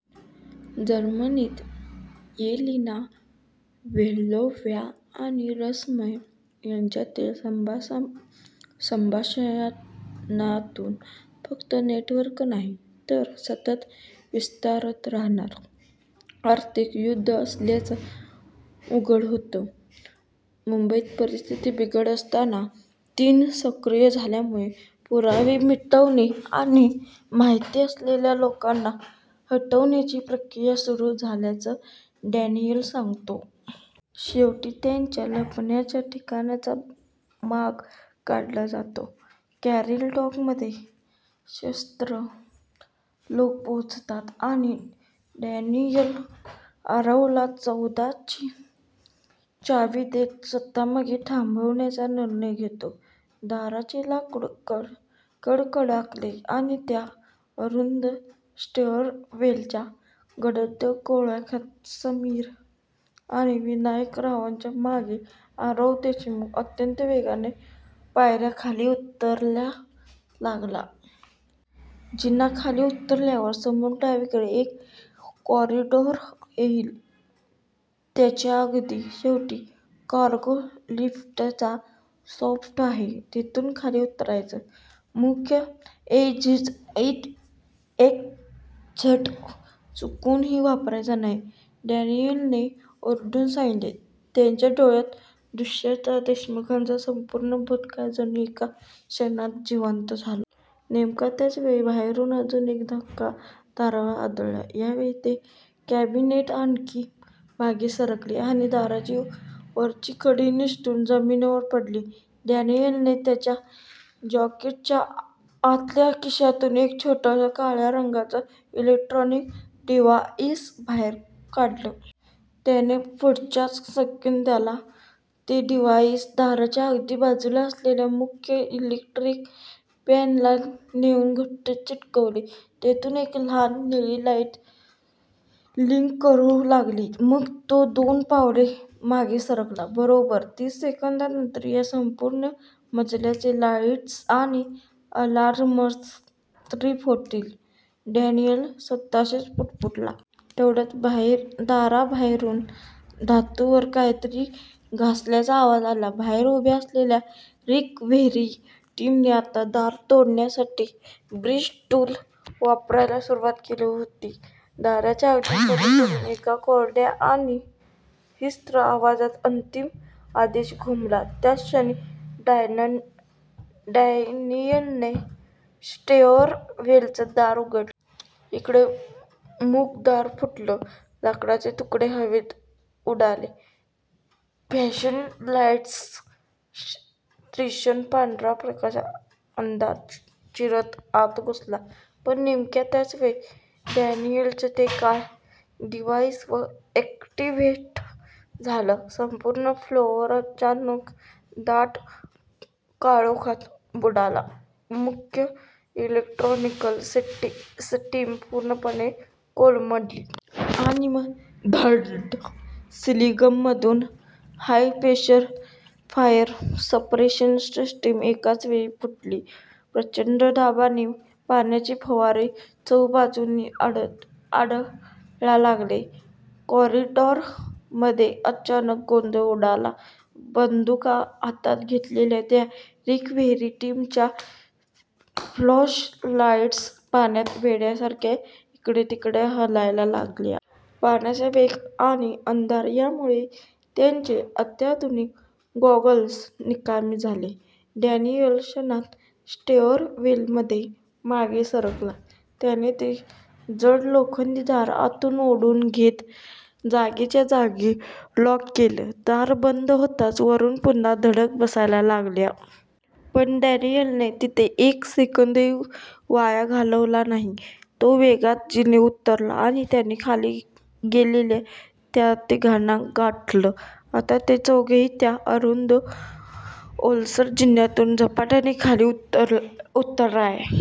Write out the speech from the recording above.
जर्मनीत Elina Volkova आणि रहस्यमय यांच्यातील संभाषणातून फक्त नेटवर्क नाही. तर सतत विस्तारत राहणारं आर्थिक युद्ध असल्याचं उघड होतं. मुंबईत परिस्थिती बिघडत असताना "तीन " सक्रिय झाल्यामुळे पुरावे मिटवणे आणि माहिती असलेल्या लोकांना हटवण्याची प्रक्रिया सुरू झाल्याचं डॅनियल सांगतो. शेवटी त्यांच्या लपण्याच्या ठिकाणाचा माग काढला जातो, कॉरिडॉरमध्ये सशस्त्र लोक पोहोचतात, आणि डॅनियल आरवला चौदा ची चावी देत स्वतः मागे थांबण्याचा निर्णय घेतो. दाराचे लाकूड कडकड कडकडले, आणि त्या अरुंद स्टॅअरवेलच्या गडद काळोखात, समीर आणि विनायकरावांच्या मागे आरव देशमुख अत्यंत वेगाने पायऱ्या खाली उतरायला लागला. " जिना खाली उतरल्यावर समोर डावीकडे एक कॉरिडॉर येईल. त्याच्या अगदी शेवटी कार्गो लिफ्टचा शाफ्ट आहे. तिथून खाली उतरायचं. मुख्य एक्झिट चुकूनही वापरायचा नाही. " डॅनियलने ओरडून सांगितले. त्याच्या डोळ्यांत दुष्यंत देशमुखचा संपूर्ण भूतकाळ जणू एका क्षणात जिवंत झाला. नेमका त्याच वेळी बाहेरून अजून एक धक्का दारावर आदळला. या वेळी ते कॅबिनेट आणखी मागे सरकले आणि दाराची वरची कडी निसटून जमिनीवर पडली. डॅनियलने त्याच्या जॅकेटच्या आतल्या खिशातून एक छोटंसं, काळ्या रंगाचं इलेक्ट्रॉनिक डिव्हाइस बाहेर काढलं. त्याने पुढच्याच सेकंदाला ते डिव्हाइस दाराच्या अगदी बाजूला असलेल्या मुख्य इलेक्ट्रिकल पॅनेलला नेऊन घट्ट चिकटवले. तिथून एक लहान निळी लाईट ब्लिंक करू लागली. मग तो दोन पावले मागे सरकला. "बरोबर तीस सेकंदांनंतर या संपूर्ण मजल्याचे लाईट्स आणि अलार्म्स ट्रिप होतील," डॅनियल स्वतःशीच पुटपुटला. तेवढ्यात दाराबाहेरून धातूवर काहीतरी घासल्याचा आवाज आला. बाहेर उभ्या असलेल्या रिकव्हरी टीमने आता दार तोडण्यासाठी 'ब्रीच टूल' वापरायला सुरुवात केली होती. दाराच्या अगदी पलीकडून एका कोरड्या आणि हिंस्त्र आवाजात अंतिम आदेश घुमला," त्याच क्षणी डॅनियलने स्टॅअरवेलचं दार उघडलं. इकडे मुख्य दार फुटलं. लाकडाचे तुकडे हवेत उडाले. फ्लॅशलाईट्सचा तीक्ष्ण पांढरा प्रकाश अंधार चिरत आत घुसला. पण नेमक्या त्याच वेळी डॅनियलचं ते काळं डिव्हाइस ॲक्टिव्हेट झालं. संपूर्ण फ्लोअर अचानक दाट काळोखात बुडाला. मुख्य इलेक्ट्रिकल सिस्टीम पूर्णपणे कोलमडली. आणि मग धाऽऽड! सीलिंगमधून हाय-प्रेशर फायर सप्रेशन सिस्टीम एकाच वेळी फुटली. प्रचंड दाबाने पाण्याचे फवारे चहुबाजूंनी आदळायला लागले. कॉरिडॉरमध्ये अचानक गोंधळ उडाला. बंदुका हातांत घेतलेल्या त्या रिकव्हरी टीमच्या फ्लॅशलाईट्स पाण्यात वेड्यासारख्या इकडेतिकडे हलायला लागल्या. पाण्याचा वेग आणि अंधार यामुळे त्यांचे अत्याधुनिक गॉगल्स निकामी झाले. डॅनियल क्षणात स्टॅअरवेलमध्ये मागे सरकला. त्याने ते जड लोखंडी दार आतून ओढून घेत जागच्या जागी लॉक केलं. दार बंद होताच वरून पुन्हा धडका बसायला लागल्या. पण डॅनियलने तिथे एक सेकंदही वाया घालवला नाही. तो वेगात जिने उतरला आणि त्याने खाली गेलेल्या त्या तिघांना गाठलं. आता ते चौघंही त्या अरुंद, ओलसर जिन्यातून झपाट्याने खाली उतरायल--